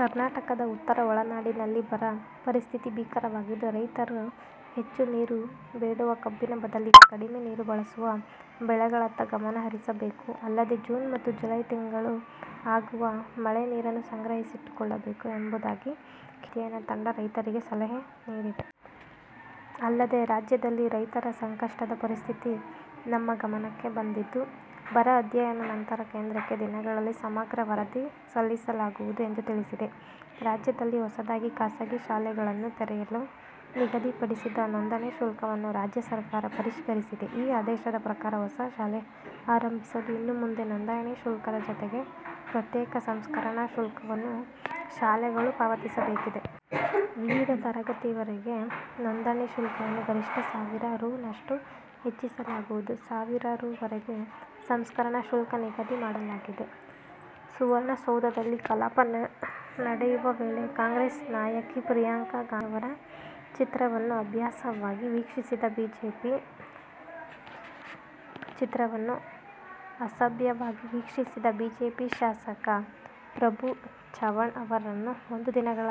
ಕರ್ನಾಟಕದ ಉತ್ತರ ಒಳನಾಡಿನಲ್ಲಿ ಬರ ಪರಿಸ್ಥಿತಿ ಭೀಕರವಾಗಿದ್ದು, ರೈತರು ಹೆಚ್ಚು ನೀರು ಬೇಡುವ ಕಬ್ಬಿನ ಬದಲಿಗೆ ಕಡಿಮೆ ನೀರು ಬಳಸುವ ಬೆಳೆಗಳತ್ತ ಗಮನ ಹರಿಸಬೇಕು. ಅಲ್ಲದೆ, ಜೂನ್ ಮತ್ತು ಜುಲೈ ತಿಂಗಳು ಆಗುವ ಮಳೆ ನೀರನ್ನು ಸಂಗ್ರಹಿಸಿಟ್ಟುಕೊಳ್ಳಬೇಕು ಎಂಬುದಾಗಿ ಕೇಂದ್ರ ಬರ ಅಧ್ಯಯನ ತಂಡ ರೈತರಿಗೆ ಸಲಹೆ ನೀಡಿದೆ. ಅಲ್ಲದೆ, ರಾಜ್ಯದಲ್ಲಿ ರೈತರ ಸಂಕಷ್ಟದ ಸ್ಥಿತಿ ತಮ್ಮ ಗಮನಕ್ಕೆ ಬಂದಿದ್ದು, ಬರ ಅಧ್ಯಯನ ನಂತರ ಕೇಂದ್ರಕ್ಕೆ ದಿನಗಳಲ್ಲಿ ಸಮಗ್ರ ವರದಿ ಸಲ್ಲಿಸಲಾಗುವುದು ಎಂದು ತಿಳಿಸಿದೆ. ರಾಜ್ಯದಲ್ಲಿ ಹೊಸದಾಗಿ ಖಾಸಗಿ ಶಾಲೆಗಳನ್ನು ತೆರೆಯಲು ನಿಗದಿಪಡಿಸಿದ್ದ ನೋಂದಣಿ ಶುಲ್ಕವನ್ನು ರಾಜ್ಯ ಸರ್ಕಾರ ಪರಿಷ್ಕರಿಸಿದೆ. ಈ ಆದೇಶದ ಪ್ರಕಾರ ಹೊಸ ಶಾಲೆ ಆರಂಭಿಸಲು ಇನ್ನು ಮುಂದೆ ನೋಂದಣಿ ಶುಲ್ಕದ ಜತೆಗೆ ಪ್ರತ್ಯೇಕ ಸಂಸ್ಕರಣ ಶುಲ್ಕವನ್ನೂ ಶಾಲೆಗಳು ಪಾವತಿಸಬೇಕಿದೆ. ವಿವಿಧ ತರಗತಿವರೆಗೆ ನೋಂದಣಿ ಶುಲ್ಕವನ್ನು ಗರಿಷ್ಠ ಸಾವಿರ ರೂ. ನಷ್ಟು ಹೆಚ್ಚಿಸಲಾಗಿದ್ದು, ಸಾವಿರ ರೂ. ವರೆಗೆ ಸಂಸ್ಕರಣ ಶುಲ್ಕ ನಿಗದಿಮಾಡಲಾಗಿದೆ. ಸುವರ್ಣಸೌಧದಲ್ಲಿ ಕಲಾಪ ನಡೆಯುವ ವೇಳೆ ಕಾಂಗ್ರೆಸ್ ನಾಯಕಿ ಪ್ರಿಯಾಂಕಾ ಗಾಂಧಿ ಅವರ ಚಿತ್ರವನ್ನು ಅಸಭ್ಯವಾಗಿ ವೀಕ್ಷಿಸಿದ ಬಿಜೆಪಿ ಶಾಸಕ ಪ್ರಭು ಚವಾಣ್ ಅವರನ್ನು ಒಂದು ದಿನಗಳ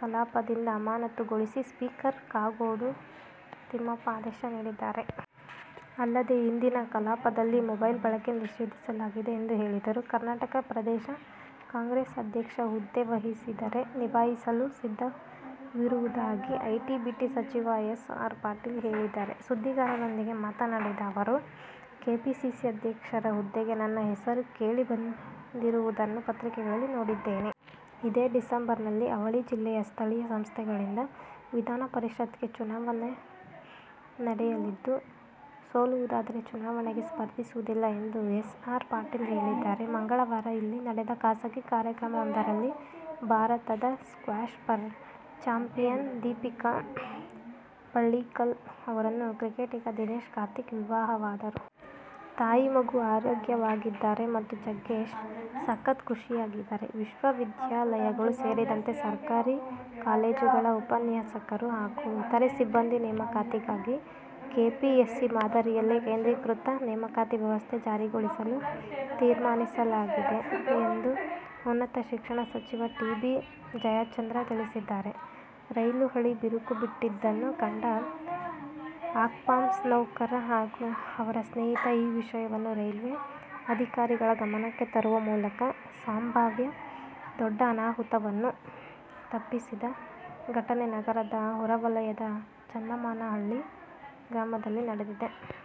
ಕಲಾಪದಿಂದ ಅಮಾನತುಗೊಳಿಸಿ ಸ್ಪೀಕರ್ ಕಾಗೋಡು ತಿಮ್ಮಪ್ಪ ಆದೇಶ ನೀಡಿದ್ದಾರೆ. ಅಲ್ಲದೇ ಇಂದಿನಿಂದ ಕಲಾಪದಲ್ಲಿ ಮೊಬೈಲ್ ಬಳಕೆ ನಿಷೇಧಿಸಲಾಗಿದೆ ಎಂದು ಹೇಳಿದರು. ಕರ್ನಾಟಕ ಪ್ರದೇಶ ಕಾಂಗ್ರೆಸ್ ಅಧ್ಯಕ್ಷ ಹುದ್ದೆ ವಹಿಸಿದರೆ ನಿಭಾಯಿಸಲು ಸಿದ್ಧವಿರುವುದಾಗಿ ಐಟಿ- ಬಿಟಿ ಸಚಿವ ಎಸ್. ಆರ್. ಪಾಟೀಲ ಹೇಳಿದ್ದಾರೆ. ಸುದ್ದಿಗಾರರೊಂದಿಗೆ ಮಾತನಾಡಿದ ಅವರು, ಕೆಪಿಸಿಸಿ ಅಧ್ಯಕ್ಷರ ಹುದ್ದೆಗೆ ನನ್ನ ಹೆಸರು ಕೇಳಿ ಬಂದಿರುವುದನ್ನು ಪತ್ರಿಕೆಗಳಲ್ಲಿ ನೋಡಿದ್ದೇನೆ. ಇದೇ ಡಿಸೆಂಬರ್ನಲ್ಲಿ ಅವಳಿ ಜಿಲ್ಲೆಯ ಸ್ಥಳೀಯ ಸಂಸ್ಥೆಗಳಿಂದ ವಿಧಾನ ಪರಿಷತ್ಗೆ ಚುನಾವಣೆ ನಡೆಯಲಿದ್ದು, ಸೋಲುವುದಾದರೆ ಚುನಾವಣೆಗೆ ಸ್ಪರ್ಧಿಸುವುದಿಲ್ಲ ಎಂದು ಎಸ್. ಆರ್. ಪಾಟೀಲ ಹೇಳಿದರು. ಮಂಗಳವಾರ ಇಲ್ಲಿ ನಡೆದ ಖಾಸಗಿ ಕಾರ್ಯಕ್ರಮವೊಂದರಲ್ಲಿ ಭಾರತದ ಸ್ಕ್ವಾಷ್ ಚಾಂಪಿಯನ್ ದೀಪಿಕಾ ಪಳ್ಳೀಕಲ್ ಅವರನ್ನು ಕ್ರಿಕೆಟಿಗ ದಿನೇಶ್ ಕಾರ್ತಿಕ್ ವಿವಾಹವಾದರು. ತಾಯಿ-ಮಗು ಆರೋಗ್ಯವಾಗಿದ್ದಾರೆ ಮತ್ತು ಜಗ್ಗೇಶ್ ಸಖತ್ ಖುಷಿಯಾಗಿದ್ದಾರೆ. ವಿಶ್ವವಿದ್ಯಾಲಯಗಳು ಸೇರಿದಂತೆ ಸರ್ಕಾರಿ ಕಾಲೇಜುಗಳ ಉಪನ್ಯಾಸಕರು ಹಾಗೂ ಇತರೆ ಸಿಬ್ಬಂದಿ ನೇಮಕಾತಿಗಾಗಿ ಕೆಪಿಎಸ್ಸಿ ಮಾದರಿಯಲ್ಲೇ ಕೇಂದ್ರೀಕೃತ ನೇಮಕಾತಿ ವ್ಯವಸ್ಥೆ ಜಾರಿಗೊಳಿಸಲು ತೀರ್ಮಾನಿಸಲಾಗಿದೆ ಎಂದು ಉನ್ನತ ಶಿಕ್ಷಣ ಸಚಿವ ಟಿ. ಬಿ. ಜಯಚಂದ್ರ ತಿಳಿಸಿದ್ದಾರೆ. ರೈಲು ಹಳಿ ಬಿರುಕು ಬಿಟ್ಟಿದ್ದನ್ನು ಕಂಡ ಹಾಪ್ಕಾಮ್ಸ್ ನೌಕರ ಹಾಗೂ ಅವರ ಸ್ನೇಹಿತ ಈ ವಿಷಯವನ್ನು ರೈಲ್ವೆ ಅಧಿಕಾರಿಗಳ ಗಮನಕ್ಕೆ ತರುವ ಮೂಲಕ ಸಂಭಾವ್ಯ ದೊಡ್ಡ ಅನಾಹುತವನ್ನು ತಪ್ಪಿಸಿದ ಘಟನೆ ನಗರದ ಹೊರವಲಯದ ಚನ್ನಮಾನಹಳ್ಳಿ ಗ್ರಾಮದಲ್ಲಿ ನಡೆದಿದೆ.